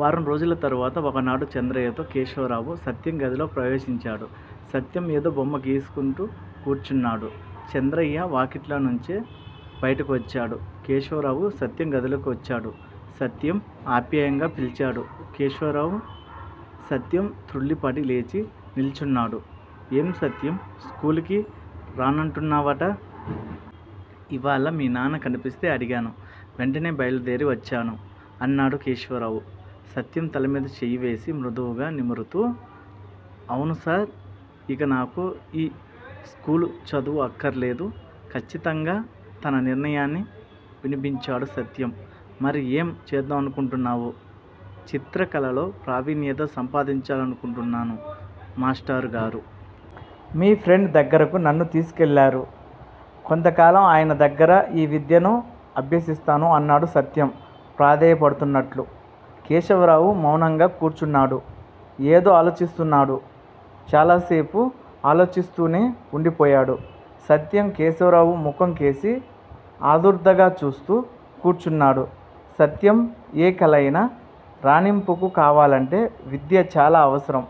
వారం రోజుల తర్వాత ఒకనాడు చంద్రయ్యతో కేశవరావు, సత్యం గదిలో ప్రవేశించాడు. సత్యం ఏదో బొమ్మ గీసుకుంటూ కూర్చున్నాడు. చంద్రయ్య వాకిట్లోనుంచే బయటకు వచ్చాడు. కేశవరావు సత్యం గదిలోకి వచ్చాడు. సత్యం! ఆప్యాయంగా పిల్చాడు కేశవరావు. సత్యం తృళ్ళిపడి లేచి నిల్చున్నాడు. ఏం సత్యం! స్కూలుకి రానంటున్నావట? ఇవ్వాళ్ళ మీ నాన్న కనిపిస్తే అడిగాను. వెంటనే బయలుదేరి వచ్చాను అన్నాడు కేశవరావు, సత్యం తలమీద చెయ్యివేసి మృదువుగా నిమురుతూ. అవును సార్! ఇక నాకు ఈ స్కూలు చదువు అక్కర్లేదు. ఖచ్చితంగా తన నిర్ణయాన్ని వినిపించాడు సత్యం. మరి ఏం చేద్దామనుకుంటున్నావు? చిత్రకళలో ప్రావీణ్యత సంపాదించాలనుకుంటున్నాను మాష్టరుగారూ! మీ ఫ్రండ్ దగ్గరకు నన్ను తీసుకెళ్లారూ! కొంతకాలం ఆయనదగ్గర ఈ విద్యనూ అభ్యసిస్తాను అన్నాడు సత్యం ప్రాధేయపడుతున్నట్లు. కేశవరావు మౌనంగా కూర్చున్నాడు. ఏదో ఆలోచిస్తున్నాడు. చాలాసేపు ఆలోచిస్తూనే వుండిపోయాడు. సత్యం కేశవరావు ముఖంకేసి ఆదుర్దాగా చూస్తూ కూర్చున్నాడు. సత్యం! ఏ కళయినా రాణింపుకు కావాలంటే విద్య చాలా అవసరం!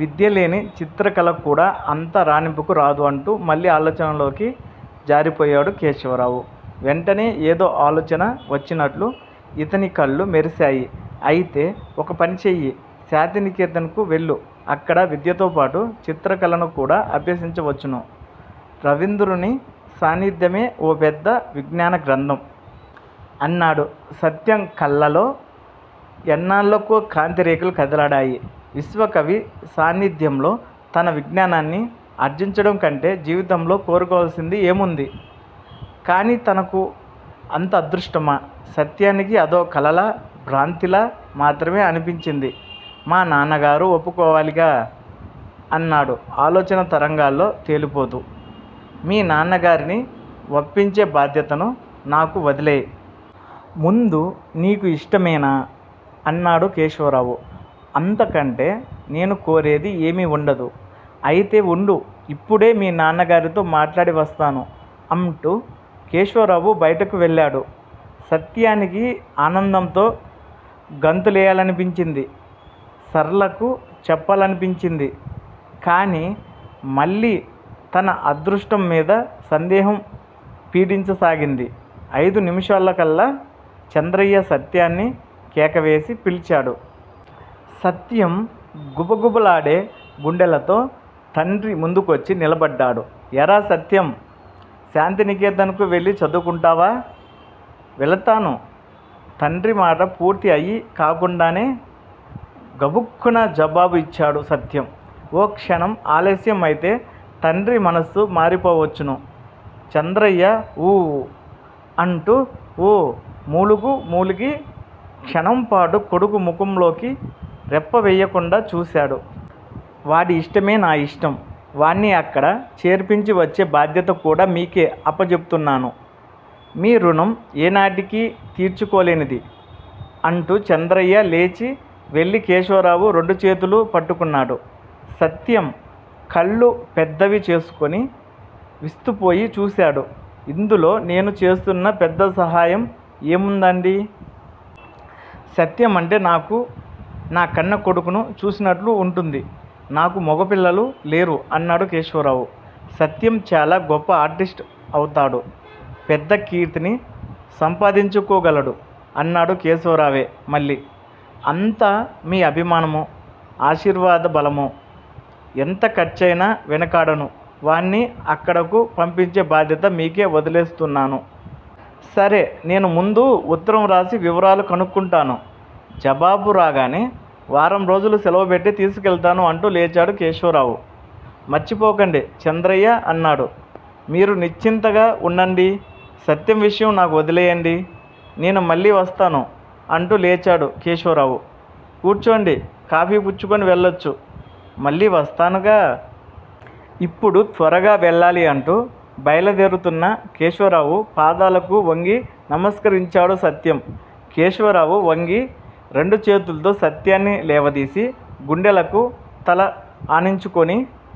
విద్యలేని చిత్రకళకూడా అంత రాణింపుకు రాదు అంటూ మళ్ళీ ఆలోచనలోకి జారిపోయాడు కేశవరావు. వెంటనే ఏదో ఆలోచన వచ్చినట్లు ఇతని కళ్ళు మెరిశాయి. అయితే ఒక పని చెయ్యి. శాంతినికేతన్ కు వెళ్ళు. అక్కడ విద్యతోపాటు చిత్రకళనుకూడా అభ్యసించవచ్చును. రవీంద్రుని సాన్నిధ్యమే ఓ పెద్ద విజ్ఞానగ్రంథం! అన్నాడు. సత్యం కళ్ళలో ఎన్నాళ్ళకో కాంతి రేఖలు కదలాడాయి. విశ్వకవి సాన్నిధ్యంలో తను విజ్ఞానాన్ని ఆర్జించటంకంటే జీవితంలో కోరుకోవలసింది ఏముంది? కాని తనకు అంత అదృష్టమా? సత్యానికి అదో కలలా, భ్రాంతిలా మాత్రమే అనిపించింది. మా నాన్నగారు ఒప్పుకోవాలిగా? అన్నాడు ఆలోచనా తరంగాల్లో తేలిపోతూ. మీ నాన్నగారిని వప్పించే బాధ్యతను నాకు వదిలేయ్! ముందు నీకు ఇష్టమేనా? అన్నాడు కేశవరావు. అంతకంటే నేనుకోరేది ఏమీ వుండదు. అయితే వుండు ఇప్పుడే మీ నాన్నగారితో మాట్లాడివస్తాను అంటూ కేశవరావు బయటకు వెళ్ళాడు. సత్యానికి ఆనందంతో గంతులేయాలనిపించింది. సరళకు చెప్పాలనిపించింది; కాని మళ్ళీ తన అదృష్టంమీద సందేహం పీడించసాగింది. ఐదు నిముషాలకల్లా చంద్రయ్య సత్యాన్ని కేకవేసి పిల్చాడు. సత్యం గుబగుబలాడే గుండెలతో తండ్రి ముందుకొచ్చి నిలబడ్డాడు. ఏరా సత్యం! శాంతినికేతన్ కు వెళ్ళి చదువుకుంటావా? వెళతాను! తండ్రిమాట పూర్తి అయీ కాకుండానే గబుక్కున జవాబు ఇచ్చాడు సత్యం. ఓ క్షణం ఆలస్యం అయితే తండ్రి మనస్సు మారిపోవచ్చును! చంద్రయ్య 'ఊఁ' అంటూ ఓ మూలుగు మూలిగి క్షణంపాటు కొడుకు ముఖంలోకి రెప్పవెయ్యకుండా చూశాడు. వాడి ఇష్టమే నా ఇష్టం! వాణ్ణి అక్కడ చేర్పించివచ్చే బాధ్యత కూడా మీకే అప్పజెపుతున్నాను. మీ ఋణం ఏనాటికీ తీర్చుకోలేనిది! అంటూ చంద్రయ్య లేచి వెళ్ళి కేశవరావు రెండుచేతులూ పట్టుకున్నాడు. సత్యం కళ్ళు పెద్దవి చేసుకొని విస్తుపోయి చూశాడు. ఇందులో నేను చేస్తున్న పెద్దసహాయం ఏముందండీ? సత్యం అంటే నాకు నా కన్న కొడుకును చూసినట్లు ఉంటుంది. నాకు మొగపిల్లలు లేరు అన్నాడు కేశవరావు. సత్యం చాలా గొప్ప ఆర్టిస్టు అవుతాడు. పెద్ద కీర్తిని సంపాదించుకోగలడు అన్నాడు కేశవరావే మళ్ళీ. అంతా మీ అభిమానమూ, ఆశీర్వాద బలమూ! ఎంత ఖర్చయినా వెనకాడను. వాణ్ణి అక్కడకు పంపించే బాధ్యత మీకే వదిలేస్తున్నాను. సరే! నేను ముందు ఉత్తరంరాసి వివరాలు కనుక్కుంటాను. జవాబు రాగానే వారంరోజులు శెలవుపెట్టి తీసుకెళతాను అంటూ లేచాడు కేశవరావు. మర్చిపోకండి! చంద్రయ్య అన్నాడు. మీరు నిశ్చింతగా ఉండండి. సత్యం విషయం నాకు వదిలేయండి. నేను వెళ్ళివస్తాను అంటూ లేచాడు కేశవరావు. కూర్చోండి! కాఫీ పుచ్చుకొని వెళ్లొచ్చు మళ్ళీ వస్తానుగా! ఇప్పుడు త్వరగా వెళ్ళాలి అంటూ బయలుదేరుతున్న కేశవరావు పాదాలకు వొంగి నమస్కరించాడు సత్యం. కేశవరావు వంగి రెండు చేతుల్తో సత్యాన్ని లేవదీసి గుండెలకు తల ఆనించుకొని